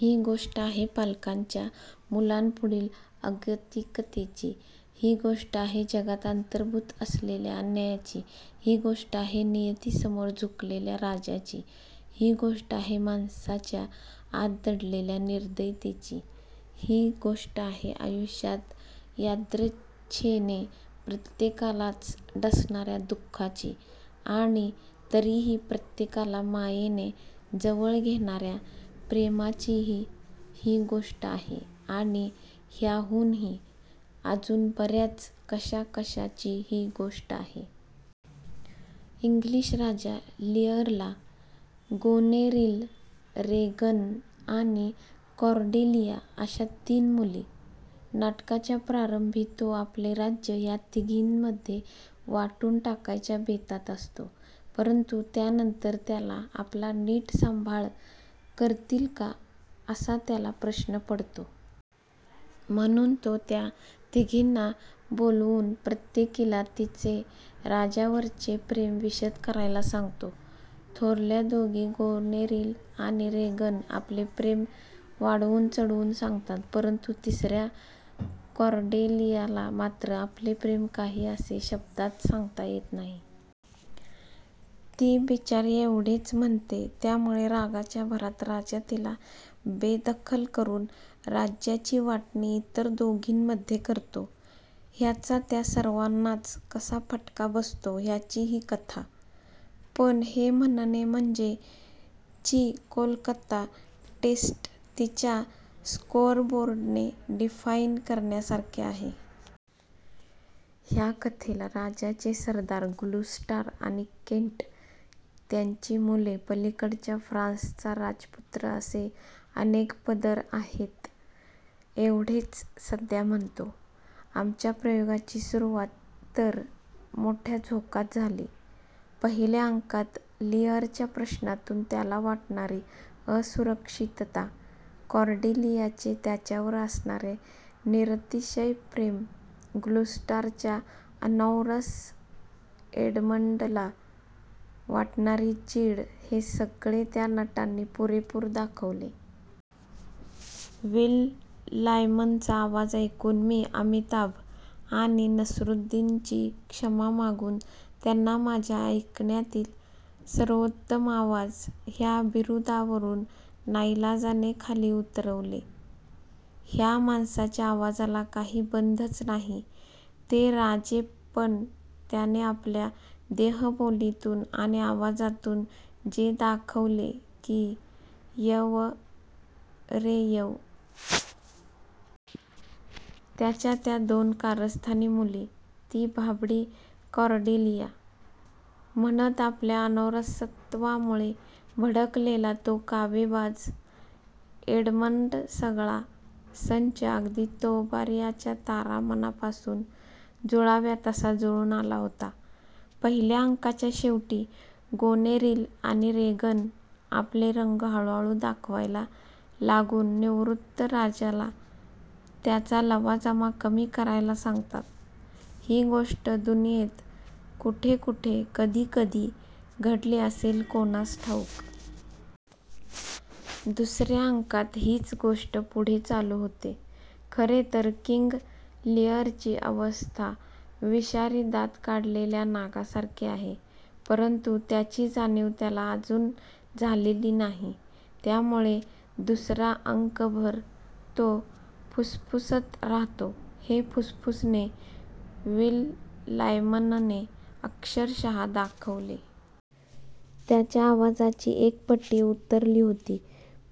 ही गोष्ट आहे पालकांच्या मुलांपुढील अगतिकतेची, ही गोष्ट आहे जगात अंतर्भूत असलेल्या अन्यायाची, ही गोष्ट आहे नियतीसमोर झुकलेल्या राजाची, ही गोष्ट आहे माणसाच्या आत दडलेल्या निर्दयतेची, ही गोष्ट आहे आयुष्यात यादृच्छेने प्रत्येकालाच डसणार्या दु:खाची, आणि तरीही प्रत्येकाला मायेने जवळ घेणार्या प्रेमाचीही ही गोष्ट आहे; आणि ह्याहूनही अजून बर्याच कशाकशाची ही गोष्ट आहे. इंग्लिश राजा लीअरला गोनेरील, रेगन, आणि कॉर्डेलिया अशा तीन मुली. नाटकाच्या प्रारंभी तो आपले राज्य ह्या तिघींमध्ये वाटून टाकायच्या बेतात असतो. परंतु त्यानंतर त्या आपला नीट सांभाळ करतील का, असा त्याला प्रश्न पडतो. म्हणून तो त्या तिघींना बोलवून प्रत्येकीला तिचे राजावरचे प्रेम विशद करायला सांगतो. थोरल्या दोघी गोनेरील आणि रेगन आपले प्रेम वाढवून-चढवून सांगतात, परंतु तिसर्या कॉर्डेलियाला मात्र आपले प्रेम काही असे शब्दांत सांगता येत नाही. ती बिचारीएवढेच म्हणते. त्यामुळे रागाच्या भरात राजा तिला बेदखल करून राज्याची वाटणी इतर दोघींमध्ये करतो. ह्याचा त्या सर्वांनाच कसा फटका बसतो, ह्याची ही कथा. पण हे म्हणणे म्हणजे ची कोलकाता टेस्ट तिच्या स्कोअरबोर्डने डिफाईन करण्यासारखे आहे. ह्या कथेला राजाचे सरदार ग्लुस्टर आणि केंट, त्यांची मुले, पलीकडच्या फ्रान्सचा राजपुत्र असे अनेक पदर आहेत एवढेच सध्या म्हणतो. आमच्या प्रयोगाची सुरूवात तर मोठ्या झोकात झाली. पहिल्या अंकात लीअरच्या प्रश्नातून त्याला वाटणारी असुरक्षितता, कॉर्डेलियाचे त्याच्यावर असणारे निरतिशय प्रेम, ग्लुस्टरच्या अनौरस एडमंडला वाटणारी चीड हे सगळे त्या नटांनी पुरेपूर दाखवले. विल लायमनचा आवाज ऐकून मी अमिताभ आणि नसीरुद्दीनची क्षमा मागून त्यांना माझ्या ऐकण्यातील सर्वोत्तम आवाज ह्या बिरुदावरून नाईलाजाने खाली उतरवले. ह्या माणसाच्या आवाजाला काही बंधच नाही. ते राजेपण त्याने आपल्या देहबोलीतून आणि आवाजातून जे दाखवले की यंव रे यंव! त्याच्या त्या दोन कारस्थानी मुली, ती भाबडी कॉर्डेलिया, "?" म्हणत आपल्या अनौरसत्वामुळे भडकलेला तो कावेबाज एडमंडसगळा संच अगदी तंबोर्याच्या तारा मनापासून जुळाव्या तसा जुळून आला होता. पहिल्या अंकाच्या शेवटी गोनेरील आणि रेगन आपले रंग हळूहळू दाखवायला लागून निवृत्त राजाला त्याचा लवाजमा कमी करायला सांगतात, ही गोष्ट दुनियेत कुठेकुठे कधीकधी घडली असेल कोणास ठाऊक! दुसर्या अंकात हीच गोष्ट पुढे चालू होते. खरेतर किंग लीअरची अवस्था विषारी दात काढलेल्या नागासारखी आहे, परंतु त्याची जाणीव त्याला अजून झालेली नाही. त्यामुळे दुसरा अंकभर तो फुसफुसत राहतो. हे फुसफुसणे विल लायमनने अक्षरशः दाखवले. त्याच्या आवाजाची एक पट्टी उतरली होती,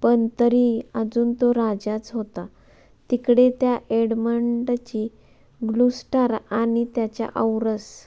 पण तरी अजून तो राजाच होता. तिकडे त्या एडमंडची ग्लुस्टर आणि त्याच्या औरस